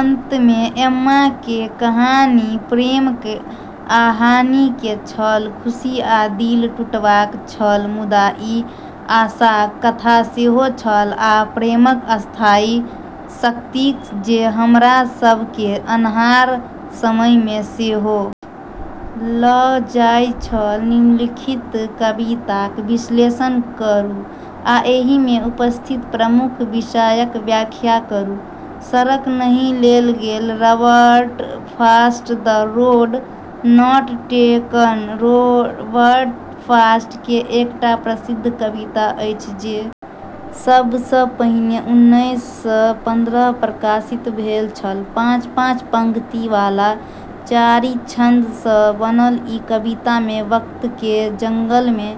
अंत मे एम्मा केर कहानी प्रेम आ हानि केर छल खुशी आ दिल टूटबाक छल मुदा ई आशाक कथा सेहो छल आ प्रेमक स्थायी शक्तिक जे हमरा सभ केँ अन्हार समय मे सेहो लऽ जाइत छल निम्नलिखित कविताक विश्लेषण करू आ एहि मे उपस्थित प्रमुख विषयक व्याख्या करू सड़क नहि लेल गेल Robert Frost the road not taken Robert Frost केर एकटा प्रसिद्ध कविता अछि जे सब सँ पहिने उन्नैस सए पन्द्रहमे प्रकाशित भेल छल पाँच-पाँच पंक्ति वाला चारि छंद सँ बनल ई कविता मे वक्ता केर जंगल मे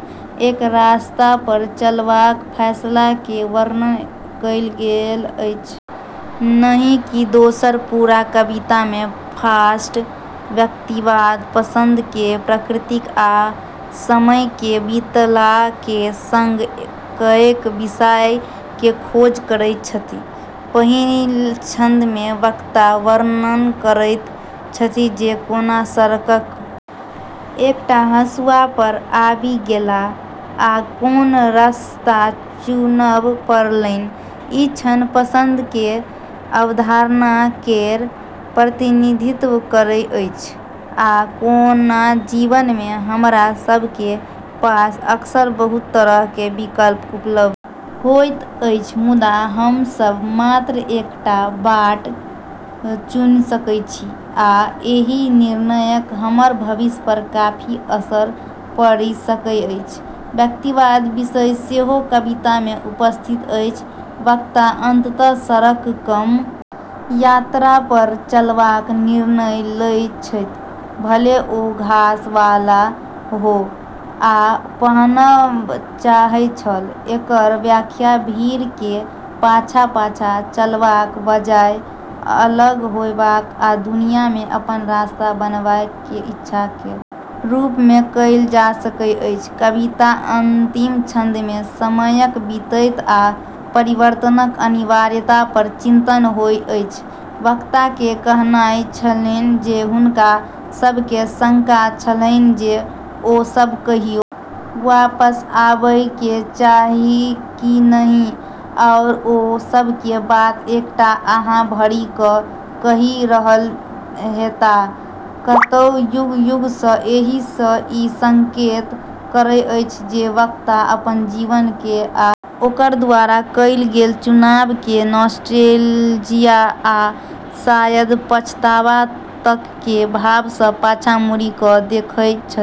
एक रास्ता पर चलबाक फैसला केर वर्णन कएल गेल अछि नहि कि दोसर पूरा कविता मे फ्रॉस्ट व्यक्तिवाद पसंद केर प्रकृति आ समय केर बीतला केर संग कएक विषय केर खोज करैत छथि पहिल छंद मे वक्ता वर्णन करैत छथि जे कोना सड़कक एकटा हँसुआ पर आबि गेलाह आ कोन रस्ता चुनब पड़लनि ई क्षण पसंद केर अवधारणा केर प्रतिनिधित्व करैत अछि आ कोना जीवन मे हमरा सभ केर पास अक्सर बहुत तरह केर विकल्प उपलब्ध होइत अछि मुदा हम सभ मात्र एकटा बाट चुनि सकैत छी आ एहि निर्णयक हमर भविष्य पर काफी असर पड़ि सकैत अछि व्यक्तिवादक विषय सेहो कविता मे उपस्थित अछि वक्ता अंततः सड़क कम यात्रा पर चलबाक निर्णय लैत छथि भले ओ घास वाला हो आ पहनब चाहैत छल एकर व्याख्या भीड़ केर पाछाँ-पाछाँ चलबाक बजाय अलग होयबाक आ दुनिया मे अपन रास्ता बनाबै केर इच्छा केर रूप मे कएल जा सकैत अछि कविताक अंतिम छंद मे समयक बीतैत आ परिवर्तनक अनिवार्यता पर चिंतन होइत अछि वक्ता केर कहनाइ छन्हि जे हुनका सभ केँ शंका छलन्हि जे ओ सभ कहियो वापस आबय के चाही कि नहि आओर ओ सभ ई बात एकटा आह भरि कऽ कहि रहल हेताह कतहु युग-युग सँ एहि सँ ई संकेत करैत अछि जे वक्ता अपन जीवन केँ आ ओकरा द्वारा कएल गेल चुनाव केँ नॉस्टेलजिया आ शायद पछतावा तक केर भाव सँ पाछाँ मुड़ि कऽ देखैत छथि